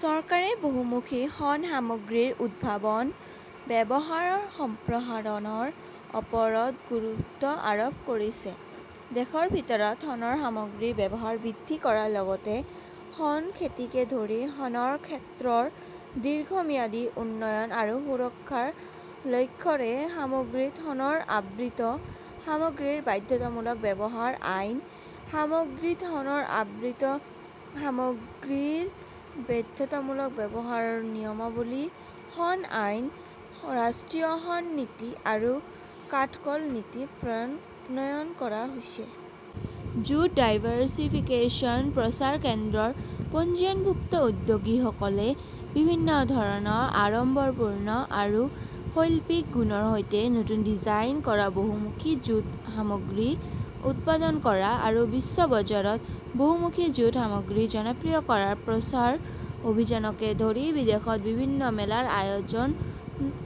চৰকাৰে বহুমুখী শণ সামগ্ৰীৰ উদ্ভাৱন, ব্যৱহাৰ সম্প্ৰসাৰণৰ ওপৰত গুৰুত্ব আৰোপ কৰিছে। দেশৰ ভিতৰত শণৰ সামগ্ৰীৰ ব্যৱহাৰ বৃদ্ধি কৰাৰ লগতে শণ খেতিকে ধৰি শণৰ ক্ষেত্ৰৰ দীৰ্ঘম্যাদী উন্নয়ন আৰু সুৰক্ষাৰ লক্ষ্যৰে 'সামগ্ৰীত শণৰ আবৃত সামগ্ৰীৰ বাধ্যতামূলক ব্যৱহাৰ আইন,' 'সামগ্ৰীত শণৰ আবৃত সামগ্ৰীৰ বাধ্যতামূলক ব্যৱহাৰ নিয়মাৱলী, ', 'শণ আইন, ', 'ৰাষ্ট্ৰীয় শণ নীতি, ' আৰু 'কাঠক'ল নীতি,' প্ৰণয়ন কৰা হৈছে। জুট ডাইভাৰ্ছিফিকেচন প্ৰচাৰ কেন্দ্ৰৰ পঞ্জীয়নভুক্ত উদ্যোগীসকলে বিভিন্ন ধৰণৰ আড়ম্বৰপূৰ্ণ আৰু শৈল্পিক গুণৰ সৈতে নতুন ডিজাইন কৰা বহুমুখী জুট সামগ্ৰী উৎপাদন কৰা আৰু বিশ্ব বজাৰত বহুমুখী জুট সামগ্ৰী জনপ্ৰিয় কৰাৰ প্ৰচাৰ অভিযানকে ধৰি বিদেশত বিভিন্ন মেলাৰ আয়োজন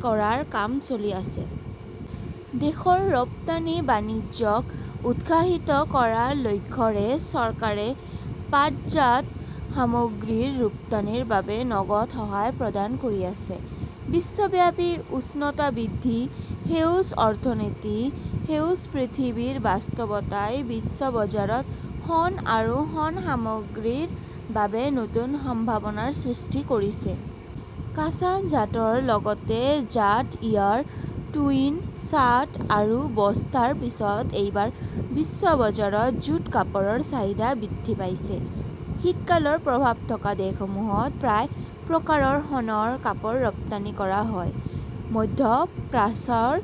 কৰাৰ কাম চলি আছে। দেশৰ ৰপ্তানি বাণিজ্যক উৎসাহিত কৰাৰ লক্ষ্যৰে চৰকাৰে পাটজাত সামগ্ৰীৰ ৰপ্তানিৰ বাবে নগদ সহায় প্ৰদান কৰি আছে। বিশ্বব্যাপী উষ্ণতা বৃদ্ধি, সেউজ অৰ্থনীতি, সেউজ পৃথিৱীৰ বাস্তৱতাই বিশ্ব বজাৰত শণ আৰু শণ সামগ্ৰীৰ বাবে নতুন সম্ভাৱনাৰ সৃষ্টি কৰিছে। কাঁচা জাটৰ লগতে জাট ইয়াৰ, টুইন, চাট আৰু বস্তাৰ পিছত এইবাৰ বিশ্ব বজাৰত জুট কাপোৰৰ চাহিদা বৃদ্ধি পাইছে। শীতকালৰ প্ৰভাৱ থকা দেশসমূহত প্ৰায় প্ৰকাৰৰ শণৰ কাপোৰ ৰপ্তানি কৰা হয়। মধ্য প্ৰাচ্যৰ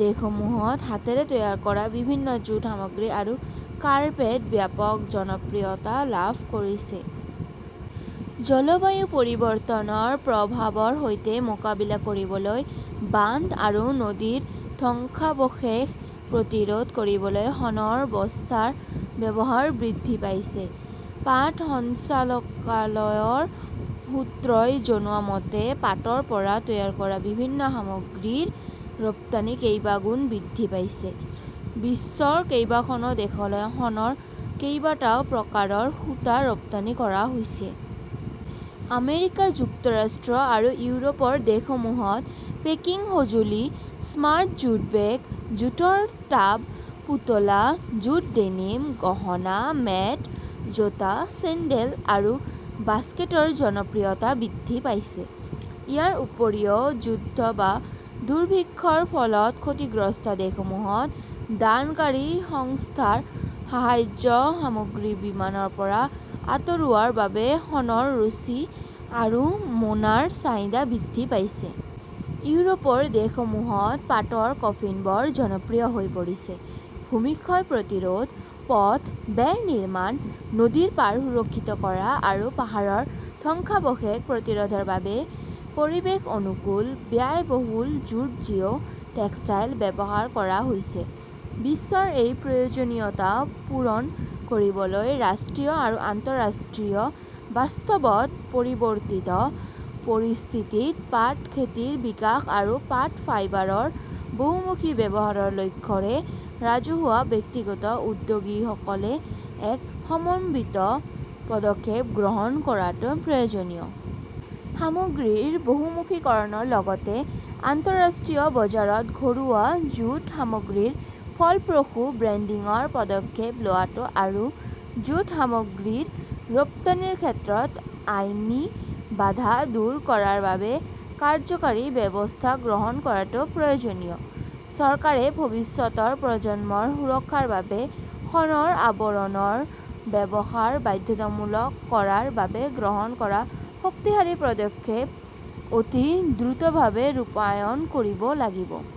দেশসমূহত হাতেৰে তৈয়াৰ কৰা বিভিন্ন জুট সামগ্ৰী আৰু কাৰ্পেট ব্যাপক জনপ্ৰিয়তা লাভ কৰিছে। জলবায়ু পৰিৱৰ্তনৰ প্ৰভাৱৰ সৈতে মোকাবিলা কৰিবলৈ বান্ধ আৰু নদীৰ ধ্বংসাৱশেষ প্ৰতিৰোধ কৰিবলৈ শণৰ বস্তাৰ ব্যৱহাৰ বৃদ্ধি পাইছে। পাট সঞ্চালকালয়ৰ সূত্ৰই জনোৱা মতে, পাটৰ পৰা তৈয়াৰ কৰা বিভিন্ন সামগ্ৰীৰ ৰপ্তানি কেইবাগুণ বৃদ্ধি পাইছে। বিশ্বৰ কেইবাখনো দেশলৈ শণৰ কেইবটাও প্ৰকাৰৰ সূতা ৰপ্তানি কৰা হৈছে। আমেৰিকা যুক্তৰাষ্ট্ৰ আৰু ইউৰোপৰ দেশসমূহত পেকিং সঁজুলি, স্মাৰ্ট জুট বেগ, জুটৰ টাব, পুতলা, জুট ডেনিম, গহনা, মেট, জোতা, চেণ্ডেল আৰু বাস্কেটৰ জনপ্ৰিয়তা বৃদ্ধি পাইছে। ইয়াৰ উপৰিও যুদ্ধ বা দুৰ্ভিক্ষৰ ফলত ক্ষতিগ্ৰস্ত দেশসমূহত দানকাৰী সংস্থাৰ সাহায্য সামগ্ৰী বিমানৰ পৰা আঁতৰোৱাৰ বাবে শণৰ ৰছী আৰু মোনাৰ চাহিদা বৃদ্ধি পাইছে। ইউৰোপৰ দেশসমূহত পাটৰ কফিনবোৰ জনপ্ৰিয় হৈ পৰিছে। ভূমিক্ষয় প্ৰতিৰোধ, পথ, বেৰ নিৰ্মাণ, নদীৰ পাৰ সুৰক্ষিত কৰা আৰু পাহাৰৰ ধ্বংসাৱশেষ প্ৰতিৰোধৰ বাবে পৰিৱেশ-অনুকূল, ব্যয়বহুল জুট জিঅ ""টেক্সটাইল ব্যৱহাৰ কৰা হৈছে। বিশ্বৰ এই প্ৰয়োজনীয়তা পূৰণ কৰিবলৈ, ৰাষ্ট্ৰীয় আৰু আন্তঃৰাষ্ট্ৰীয় বাস্তৱত, পৰিৱৰ্তিত পৰিস্থিতিত পাট খেতিৰ বিকাশ আৰু পাট ফাইবাৰৰ বহুমুখী ব্যৱহাৰৰ লক্ষ্যৰে ৰাজহুৱা-ব্যক্তিগত উদ্যোগীসকলে এক সমন্বিত পদক্ষেপ গ্ৰহণ কৰাটো প্ৰয়োজনীয়। সামগ্ৰীৰ বহুমুখীকৰণৰ লগতে আন্তঃৰাষ্ট্ৰীয় বজাৰত ঘৰুৱা জুট সামগ্ৰীৰ ফলপ্ৰসূ ব্ৰেণ্ডিংৰ পদক্ষেপ লোৱাটো আৰু জুট সামগ্ৰীৰ ৰপ্তানিৰ ক্ষেত্ৰত আইনী বাধা দূৰ কৰাৰ বাবে কাৰ্যকৰী ব্যৱস্থা গ্ৰহণ কৰাটো প্ৰয়োজনীয়। চৰকাৰে ভৱিষ্যতৰ প্ৰজন্মৰ সুৰক্ষাৰ বাবে শণৰ আৱৰণৰ ব্যৱহাৰ বাধ্যতামূলক কৰাৰ বাবে গ্ৰহণ কৰা শক্তিশালী পদক্ষেপ অতি দ্ৰুতভাৱে ৰূপায়ণ কৰিব লাগিব।